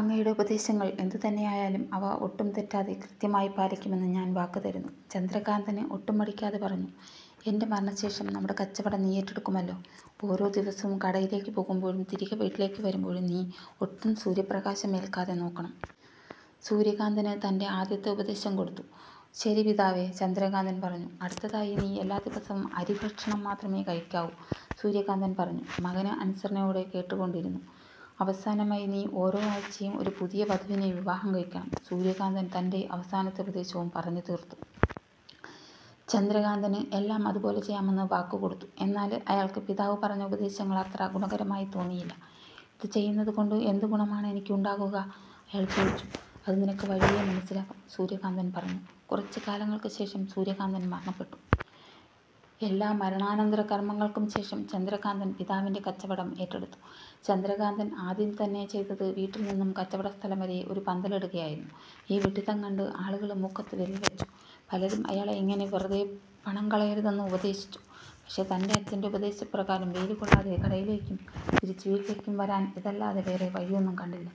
അങ്ങയുടെ ഉപദേശങ്ങള് എന്തു തന്നെയായാലും അവ ഒട്ടും തെറ്റാതെ കൃത്യമായി പാലിക്കുമെന്ന് ഞാന് വാക്ക് തരുന്നു. " ചന്ദ്രകാന്തന് ഒട്ടും മടിക്കാതെ പറഞ്ഞു. "ഏന്റെ മരണശേഷം നമ്മുടെ കച്ചവടം നീ ഏറ്റെടുക്കുമല്ലോ? ഓരോ ദിവസവും കടയിലേയ്ക്ക് പോകുമ്പോഴും, തിരികെ വീട്ടിലേയ്ക്ക് വരുമ്പോഴും നീ ഒട്ടും സൂര്യപ്രകാശം എല്ക്കാതെ നോക്കണം". സൂര്യകാന്തന് തന്റെ ആദ്യത്തെ ഉപദേശം കൊടുത്തു. "ശരി പിതാവേ". ചന്ദ്രകാന്തന് പറഞ്ഞു. "അടുത്തതായി നീ എല്ലാ ദിവസവും അരി ഭക്ഷണം മാത്രമേ കഴിക്കാവൂ" സൂര്യകാന്തന് പറഞ്ഞു. മകന് അനുസരണയോടെ കേട്ടുകൊണ്ടിരുന്നു. "അവസാനമായി, നീ ഓരോ ആഴ്ചയും ഒരു പുതിയ വധുവിനെ വിവാഹം കഴിക്കണം" സൂര്യകാന്തന് തന്റെ അവസാനത്തെ ഉപദേശവും പറഞ്ഞു തീര്ത്തു. ചന്ദ്രകാന്തന് എല്ലാം അത് പോലെ ചെയ്യാമെന്ന് വാക്ക് കൊടുത്തു. എന്നാലും അയാള്ക്ക് പിതാവ് പറഞ്ഞ ഉപദേശങ്ങള് അത്ര ഗുണകരമായി തോന്നിയില്ല. "ഇത് ചെയ്യുന്നത് കൊണ്ട് എന്തു ഗുണമാണ് എനിക്കുണ്ടാകുക? " അയാള് ചോദിച്ചു "അത് നിനക്ക് വഴിയേ മനസ്സിലാകും" സൂര്യകാന്തന് പറഞ്ഞു. കുറച്ചു കാലങ്ങള്ക്ക് ശേഷം സൂര്യകാന്തന് മരണപ്പെട്ടു. എല്ലാ മരണാനന്തര കര്മ്മങ്ങൾക്കും ശേഷം ചന്ദ്രകാന്തന് പിതാവിന്റെ കച്ചവടം ഏറ്റെടുത്തു. ചന്ദ്രകാന്തന് ആദ്യം തന്നെ ചെയ്തത് വീട്ടില് നിന്നും കച്ചവടസ്ഥലം വരെ ഒരു പന്തലിടുകയായിരുന്നു. ഈ വിഡ്ഡിത്തം കണ്ടു ആളുകള് മൂക്കത്ത് വിരല് വെച്ചു. പലരും അയാളെ ഇങ്ങനെ വെറുതെ പണം കളയരുതെന്ന് ഉപദേശിച്ചു. പക്ഷേ തന്റെ അച്ചന്റെ ഉപദേശപ്രകാരം വെയില് കൊള്ളാതെ കടയിലേക്കും തിരിച്ചു വീട്ടിലേക്കും വരാന് ഇതല്ലാതെ വേറെ വഴിയൊന്നും കണ്ടില്ല.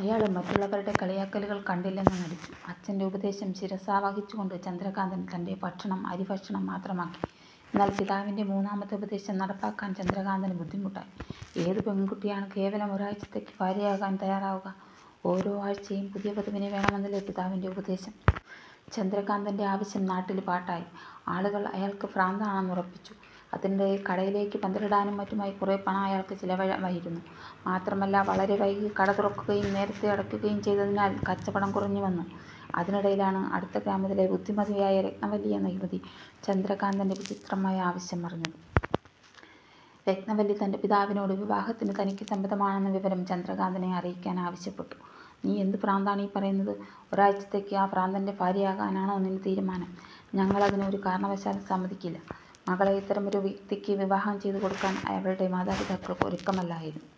അയാള് മറ്റുള്ളവരുടെ കളിയാക്കള് കണ്ടില്ലെന്നു നടിച്ചു. അച്ചന്റെ ഉപദേശം ശിരസാ വഹിച്ചു കൊണ്ട് ചന്ദ്രകാന്തന് തന്റെ ഭക്ഷണം അരിഭക്ഷണം മാത്രമാക്കി. എന്നാല് പിതാവിന്റെ മൂന്നാമത്തെ ഉപദേശം നടപ്പാക്കാന് ചന്ദ്രകാന്തന് ബുദ്ധിമുട്ടായി. ഏത് പെണ്കുട്ടിയാണ് കേവലം ഒരാഴ്ചത്തേയ്ക്ക് ഭാര്യയാകാന് തയ്യാറാകുക? ഓരോ ആഴ്ചയും പുതിയ വധുവിനെ വേണമെന്നല്ലേ പിതാവിന്റെ ഉപദേശം? ചന്ദ്രകാന്തന്റെ ആവശ്യം നാട്ടില് പാട്ടായി. ആളുകള് അയാള്ക്ക് ഭ്രാന്താണെന്ന് ഉറപ്പിച്ചു. അതിനിടയില് കടയിലേയ്ക്ക് പന്തലിടാനും മറ്റുമായി കുറെ പണം അയാള്ക്ക് ചിലവായിരുന്നു. മാത്രമല്ല, വളരെ വൈകി കട തുറക്കുകയും നേരത്തെ അടക്കുകയും ചെയ്തതിനാല് കച്ചവടം കുറഞ്ഞ് വന്നു. അതിനിടയിലാണ് അടുത്ത ഗ്രാമത്തിലെ ബുദ്ധിമതിയായ രത്നവല്ലി എന്ന യുവതി ചന്ദ്രകാന്തന്റെ വിചിത്രമായ ആവശ്യം അറിഞ്ഞത്. രത്നവല്ലി തന്റെ പിതാവിനോട് വിവാഹത്തിന് തനിക്ക് സമ്മതമാണെന്ന വിവരം ചന്ദ്രകാന്തനെ അറിയിക്കാന് ആവശ്യപ്പെട്ടു. "നീ എന്ത് ഭ്രാന്താണീ പറയുന്നതു. ഒരാഴ്ചത്തേയ്ക്ക് ആ ഭ്രാന്തന്റെ ഭാര്യയാകാനാണോ നിന്റെ തീരുമാനം? ഞങ്ങള് ഇതിന് ഒരു കാരണവശാലും സമ്മതിക്കില്ല. " മകളെ ഇത്തരമൊരു വ്യക്തിക്ക് വിവാഹം ചെയ്തു കൊടുക്കാന് അവളുടെ മാതാപിതാക്കള് ഒരുക്കമായിരുന്നില്ല.